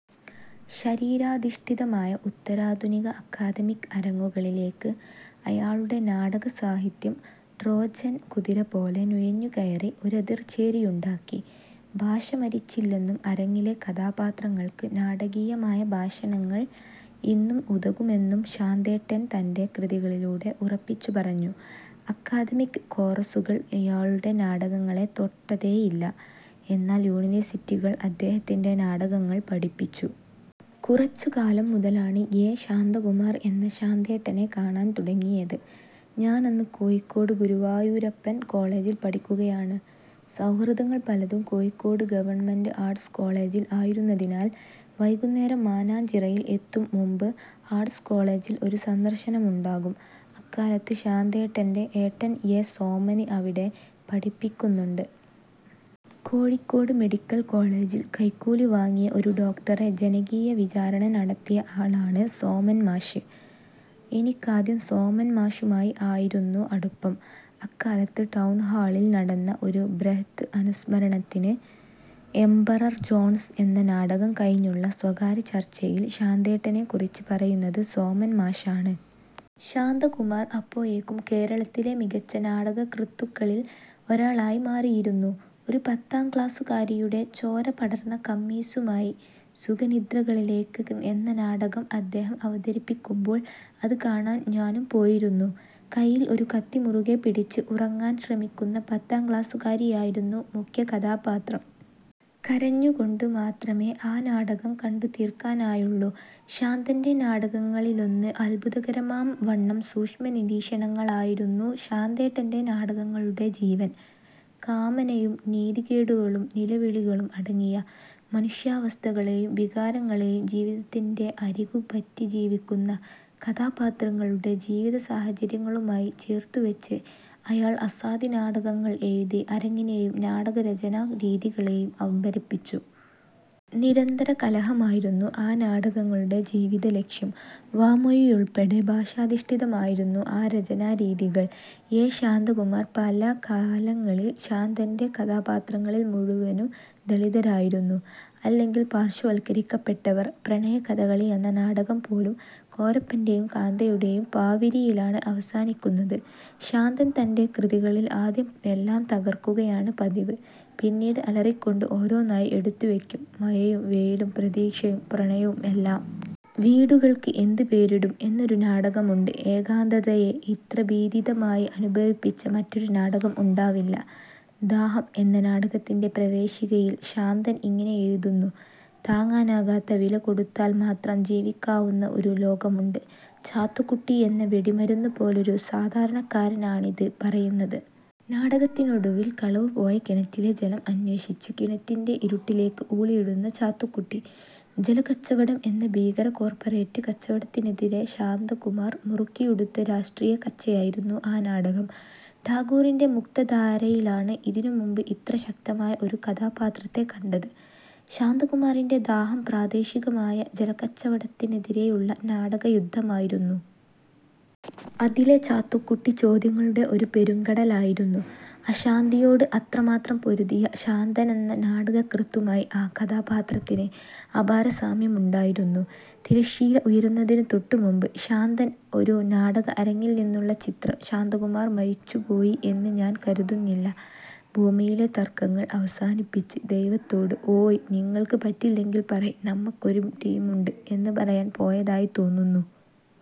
ശരീരാധിഷ്ഠിതമായ ഉത്തരാധുനിക -അക്കാദമിക് അരങ്ങുകളിലേക്ക് അയാളുടെ നാടകസാഹിത്യം ട്രോജൻ കുതിര പോലെ നുഴഞ്ഞുകയറി ഒരെതിർ ചേരിയുണ്ടാക്കി. ഭാഷ മരിച്ചില്ലെന്നും അരങ്ങിലെ കഥാപാത്രങ്ങൾക്ക് നാടകീയമായ ഭാഷണങ്ങൾ ഇന്നും ഉതകുമെന്നും ശാന്തേട്ടൻ തന്റെ കൃതികളിലൂടെ ഉറപ്പിച്ചു പറഞ്ഞു. അക്കാദമിക് കോറസുകൾ അയാളുടെ നാടകങ്ങളെ തൊട്ടതേയില്ല. എന്നാൽ യൂണിവേഴ്സിറ്റികൾ അദ്ദേഹത്തിന്റെ നാടകങ്ങൾ പഠിപ്പിച്ചു. കുറച്ചു കാലം മുതലാണ് എ ശാന്തകുമാർ എന്ന ശാന്തേട്ടനെ കാണാൻ തുടങ്ങിയത്. ഞാനന്ന് കോഴിക്കോട് ഗുരുവായൂരപ്പൻ കോളജിൽ പഠിക്കുകയാണ്. സൗഹൃദങ്ങൾ പലതും കോഴിക്കോട് ഗവ. ആർട്സ് കോളജിൽ ആയിരുന്നതിനാൽ വൈകുന്നേരം മാനാഞ്ചിറയിൽ എത്തും മുമ്പ് ആർട്സ് കോളജിൽ ഒരു സന്ദർശനമുണ്ടാകും. അക്കാലത്ത് ശാന്തേട്ടന്റെ ഏട്ടൻ എ സോമന് അവിടെ പഠിപ്പിക്കുന്നുണ്ട്. കോഴിക്കോട് മെഡിക്കൽ കോളജിൽ കൈക്കൂലി വാങ്ങിയ ഒരു ഡോക്ടറെ ജനകീയ വിചാരണ നടത്തിയ ആളാണ് സോമന് മാഷ്. എനിക്കാദ്യം സോമൻ മാഷുമായി ആയിരുന്നു അടുപ്പം. അക്കാലത്ത് ടൗണ്ഹാളിൽ നടന്ന ഒരു ബ്രഹ്ത് അനുസ്മരണത്തിന് ' എമ്പറർ ജോണ്സ് ' എന്ന നാടകം കഴിഞ്ഞുള്ള സ്വകാര്യ ചർച്ചയിൽ ശാന്തേട്ടനെ കുറിച്ച് പറയുന്നത് സോമൻ മാഷാണ്. ശാന്തകുമാർ അപ്പോഴേക്കും കേരളത്തിലെ മികച്ച നാടകകൃത്തുക്കളിൽ ഒരാളായി മാറിയിരുന്നു. ഒരു പത്താം ക്ലാസുകാരിയുടെ ചോര പടർന്ന കമ്മീസുമായി ' സുഖനിദ്രകളിലേക്ക് ' എന്ന നാടകം അദ്ദേഹം അവതരിപ്പിക്കുമ്പോൾ അത് കാണാൻ ഞാനും പോയിരുന്നു. കയ്യിൽ ഒരു കത്തി മുറുകെ പിടിച്ച് ഉറങ്ങാൻ ശ്രമിക്കുന്ന പത്താം ക്ലാസുകാരിയായിരുന്നു മുഖ്യ കഥാപാത്രം. കരഞ്ഞുകൊണ്ടു മാത്രമേ ആ നാടകം കണ്ടുതീർക്കാനായുള്ളൂ. ശാന്തന്റെ നാടകങ്ങളിലൊന്ന് അത്ഭുതകരമാം വണ്ണം സൂക്ഷ്മനിരീക്ഷണങ്ങളായിരുന്നു ശാന്തേട്ടന്റെ നാടകങ്ങളുടെ ജീവൻ. കാമനയും നീതികേടുകളും നിലവിളികളും അടങ്ങിയ മനുഷ്യാവസ്ഥകളെയും വികാരങ്ങളെയും ജീവിതത്തിന്റെ അരികു പറ്റി ജീവിക്കുന്ന കഥാപാത്രങ്ങളുടെ ജീവിത സാഹചര്യങ്ങളുമായി ചേർത്തു വെച്ച് അയാൾ അസാധ്യ നാടകങ്ങൾ എഴുതി അരങ്ങിനെയും നാടക രചനാ രീതികളേയും അമ്പരപ്പിച്ചു. നിരന്തര കലഹമായിരുന്നു ആ നാടകങ്ങളുടെ ജീവിത ലക്ഷ്യം. വാമൊഴിയുൾപ്പെടെ ഭാഷാധിഷ്ഠിതമായിരുന്നു ആ രചനാരീതികൾ. എ ശാന്തകുമാർ പല കാലങ്ങളിൽ ശാന്തന്റെ കഥാപാത്രങ്ങളിൽ മുഴുവനും ദളിതരായിരുന്നു. അല്ലെങ്കിൽ പാർശ്വവത്കരിക്കപ്പെട്ടവർ. ' പ്രണയ കഥകളി'യെന്ന നാടകം പോലും കോരപ്പന്റേയും കാന്തയുടേയും പാവിരിയിലാണ് അവസാനിക്കുന്നത്. ശാന്തൻ തന്റെ കൃതികളിൽ ആദ്യം എല്ലാം തകർക്കുകയാണ് പതിവ്, പിന്നീട് അലറിക്കൊണ്ട് ഓരോന്നായി എടുത്തു വയ്ക്കും, മഴയും വെയിലും പ്രതീക്ഷയും പ്രണയവും എല്ലാം. ' വീടുകൾക്ക് എന്ത് പേരിടും ' എന്നൊരു നാടകമുണ്ട് ഏകാന്തതയെ ഇത്ര ഭീതിദമായി അനുഭവിപ്പിച്ച മറ്റൊരു നാടകം ഉണ്ടാവില്ല. ' ദാഹം ' എന്ന നാടകത്തിന്റെ പ്രവേശികയിൽ ശാന്തൻ ഇങ്ങനെ എഴുതുന്നു, ' താങ്ങാനാകാത്ത വില കൊടുത്താൽ മാത്രം ജീവിക്കാവുന്ന ഒരു ലോകമുണ്ട്. ' ചാത്തുക്കുട്ടി എന്ന വെടിമരുന്നു പോലൊരു സാധാരണക്കാരനാണിത് പറയുന്നത്. നാടകത്തിനൊടുവിൽ കളവുപോയ കിണറ്റിലെ ജലം അന്വേഷിച്ച് കിണറ്റിന്റെ ഇരുട്ടിലേക്ക് ഊളിയിടുന്ന ചാത്തുക്കുട്ടി! ജലക്കച്ചവടം എന്ന ഭീകര കോർപ്പറേറ്റ് കച്ചവടത്തിനെതിരെ ശാന്തകുമാർ മുറുക്കിയുടുത്ത രാഷ്ട്രീയ കച്ചയായിരുന്നു ആ നാടകം. ടാഗോറിന്റെ മുക്തധാരയിലാണ് ഇതിനു മുമ്പ് ഇത്ര ശക്തമായ ഒരു കഥാപാത്രത്തെ കണ്ടത്. ശാന്തകുമാറിന്റെ ദാഹം പ്രാദേശികമായ ജലക്കച്ചവടത്തിനെതിരെയുള്ള നാടക യുദ്ധമായിരുന്നു. അതിലെ ചാത്തുക്കുട്ടി ചോദ്യങ്ങളുടെ ഒരു പെരുങ്കടലായിരുന്നു. അശാന്തിയോട് അത്രമാത്രം പൊരുതിയ ശാന്തനെന്ന നാടകകൃത്തുമായി ആ കഥാപാത്രത്തിന് അപാര സാമ്യമുമുണ്ടായിരുന്നു. തിരശ്ശീല ഉയരുന്നതിന് തൊട്ടുമുമ്പ്, ശാന്തൻ. ഒരു നാടക അരങ്ങിൽ നിന്നുള്ള ചിത്രം ശാന്തകുമാർ മരിച്ചു പോയി എന്ന് ഞാൻ കരുതുന്നില്ല, ഭൂമിയിലെ തർക്കങ്ങൾ അവസാനിപ്പിച്ച് ദൈവത്തോട്, ' ഓയ് നിങ്ങൾക്ക് പറ്റില്ലെങ്കിൽ പറയ്, നമ്മക്കൊര് ടീമുണ്ട് ' എന്ന് പറയാൻ പോയതായി തോന്നുന്നു.